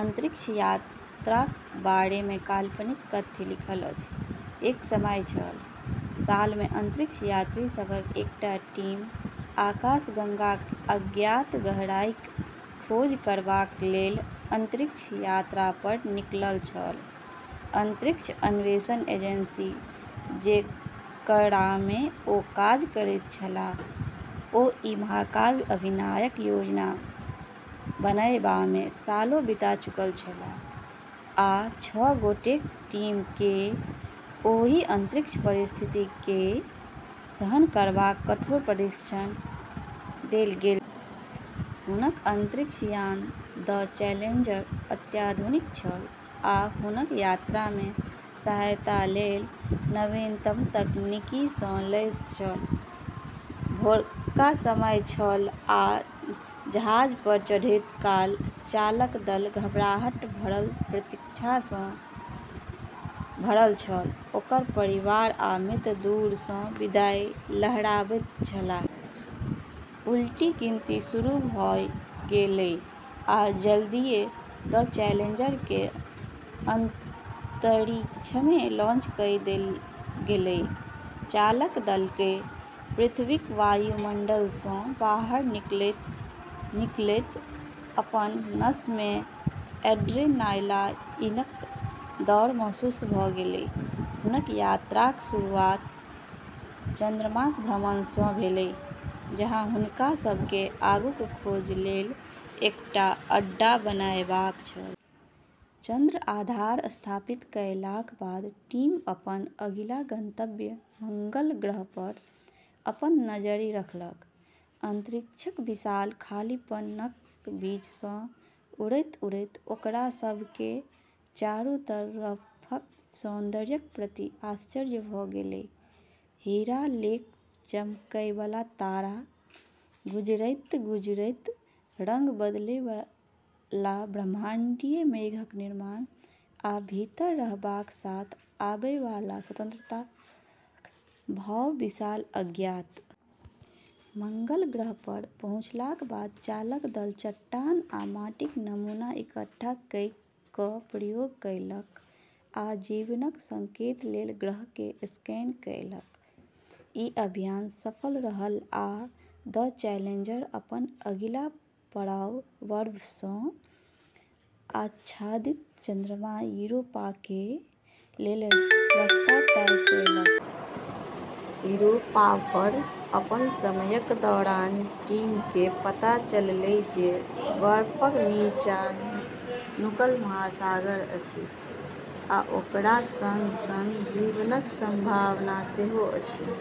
अंतरिक्ष यात्राक बारेमे काल्पनिक कथ्य लिखल अछि। एक समय छल, सालमे अंतरिक्ष यात्रीसभक एकटा टीम आकाशगंगाक अज्ञात गहराईक खोज करबाकलेल अंतरिक्ष यात्रापर निकलल छल। अंतरिक्ष अन्वेषण एजेंसी जेकरामे ओ काज करैत छलाह, ओ ई महाकाव्य अभियानक योजना बनएबामे सालों बिता चुकल छलाह आ छह गोटेक टीमकेँ ओहि अंतरिक्षक परिस्थितिकेँ सहन करबाक कठोर प्रशिक्षण देल गेल छल। हुनक अंतरिक्ष यान 'द चैलेंजर' अत्याधुनिक छल आ हुनक यात्रामे सहायतालेल नवीनतम तकनीकसँ लैस छल। भोरका समय छल आ जहाजपर चढ़ैत काल चालक दल घबराहट भरल प्रतीक्षासँ भरल छल, ओकर परिवार आ मित्र दूरसँ विदाई लहराबैत छलाह। उलटी गिनती शुरू भऽ गेलै आ जल्दिये 'द चैलेंजर'केँ अंतरिक्षमे लॉन्च कइ देल गेलै, चालक दलकेँ पृथ्वीक वायुमंडलसँ बाहर निकलैत-निकलैत अपन नसमे एड्रेनालाईनक दौड़ महसूस भऽ गेलै। हुनक यात्राक शुरुआत चंद्रमाक भ्रमणसँ भेलै, जहाँ हुनका सभकेँ आगूक खोजलेल एकटा अड्डा बनाएबाक छल। चंद्र आधार स्थापित कएलाक बाद टीम अपन अगिला गंतव्य- मंगल ग्रहपर अपन नजरि रखलक। अंतरिक्षक विशाल खालीपनक बीचसँ उड़ैत-उड़ैत ओकरा सभकेँ चारू तरफक सौन्दर्यक प्रति आश्चर्य भऽ गेलै- हीरा लेक चमकैबाला तारा, गुजरैत-गुजरैत रंग बदलैबाला ब्रह्मांडीय मेघक निर्माण, आ भीतर रहबाक साथ आबैबाला स्वतंत्रताक भाव विशाल अज्ञात। मंगल ग्रहपर पहुँचलाक बाद चालक दल चट्टान आ माटिक नमूना इकट्ठा कइ कऽ प्रयोग कएलक आ जीवनक संकेतलेल ग्रहकेँ स्कैन कएलक। ई अभियान सफल रहल आ 'द चैलेंजर' अपन अगिला पड़ाव- बर्फसँ आच्छादित चंद्रमा यूरोपाकेँ लेल रस्ता तय कएलक। यूरोपापर अपन समयक दौरान टीमकेँ पता चललै जे बर्फक नीचाँ नुकल महासागर अछि, आ ओकरा संग-संग जीवनक संभावना सेहो अछि।